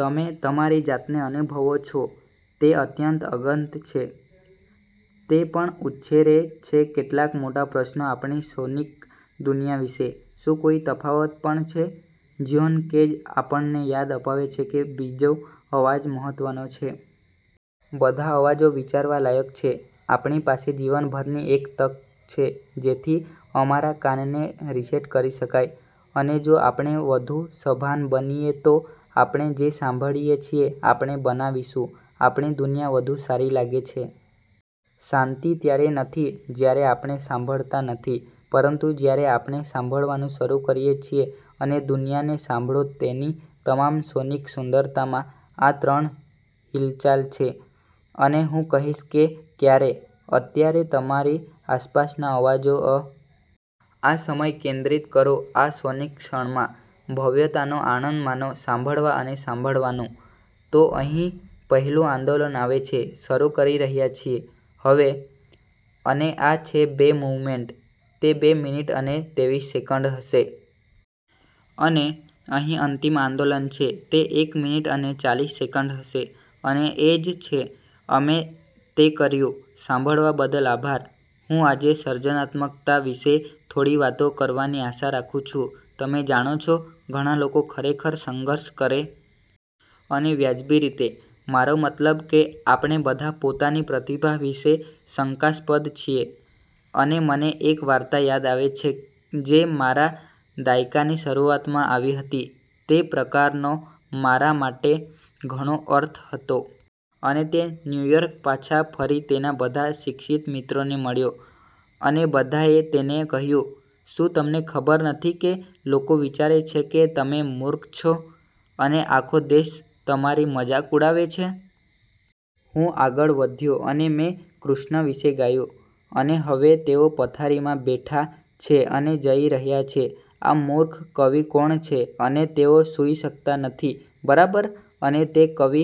તમે તમારી જાતને અનુભવો છો. તે અત્યંત અગંત છે. તે પણ ઉછેરે છે કેટલાક મોટા પ્રશ્નો આપણી સોનિક દુનિયા વિશે. શું કોઈ તફાવત પણ છે? જ્હોન કેજ આપણને યાદ અપાવે છે કે બીજો અવાજ મહત્ત્વનો છે. બધા અવાજો વિચારવા લાયક છે. આપણી પાસે જીવનભરની એક તક છે જેથી અમારા કાન ને રીસેટ કરી શકાય. અને જો આપણે વધુ સભાન બનીએ તો આપણે જે સાંભળીએ છીએ, આપણે બનાવીશું. આપણી દુનિયા વધુ સારી લાગે છે. શાંતિ ત્યારે નથી જ્યારે આપણે સાંભળતા નથી, પરંતુ જ્યારે આપણે સાંભળવાનું શરૂ કરીએ છીએ અને દુનિયાને સાંભળો તેની તમામ સોનિક સુંદરતામાં. આ ત્રણ હિલચાલ છે, અને હું કહીશ કે ક્યારે. અત્યારે તમારી આસપાસના અવાજો અને લય સાંભળો, મોટા અને નરમ માટે સાંભળો, હાર્મોનિક, ડિસોનેન્ટ, અને બધી નાની વિગતો જે દરેક અવાજને યુનિક બનાવે છે. આ સમય કેન્દ્રિત કરો આ સોનિક ક્ષણમાં. ભવ્યતાનો આનંદ માણો સાંભળવા અને સાંભળવા નું. તો અહીં પહેલું આંદોલન આવે છે. શરૂ કરી રહ્યા છીએ... હવે. અને આ છે બે મૂવમેન્ટ. તે બે મિનિટ અને તેવીસ સેકન્ડ હશે. અને અહીં અંતિમ આંદોલન છે. તે એક મિનિટ અને ચાલીસ સેકન્ડ હશે. અને એ જ છે, અમે તે કર્યું. સાંભળવા બદલ આભાર. હું આજે સર્જનાત્મકતા વિશે થોડી વાતો કરવાની આશા રાખું છું. તમે જાણો છો, ઘણા લોકો ખરેખર સંઘર્ષ કરે છે પોતાને સર્જનાત્મક બનવાની પરવાનગી આપવા માટે. અને વ્યાજબી રીતે. મારો મતલબ કે આપણે બધા પોતાની પ્રતિભા વિશે શંકાસ્પદ છીએ. અને મને એક વાર્તા યાદ આવે છે જે મારા દાયકાની શરૂઆતમાં આવી હતી તે પ્રકારનો મારા માટે ઘણો અર્થ હતો. અને તે ન્યૂયોર્ક પાછા ફરી તેના બધા શિક્ષિત મિત્રોને મળ્યો, અને બધાએ તેને કહ્યું, "શું તમને ખબર નથી કે લોકો વિચારે છે કે તમે મૂર્ખ છો, અને આખો દેશ તમારી મજાક ઉડાવે છે? હું આગળ વધ્યો અને મેં કૃષ્ણ વિશે ગાયું, અને હવે તેઓ પથારીમાં બેઠા છે અને જઈ રહ્યા છે, 'આ મૂર્ખ કવિ કોણ છે? ' અને તેઓ સુઈ શકતા નથી, બરાબર? " અને તે કવિ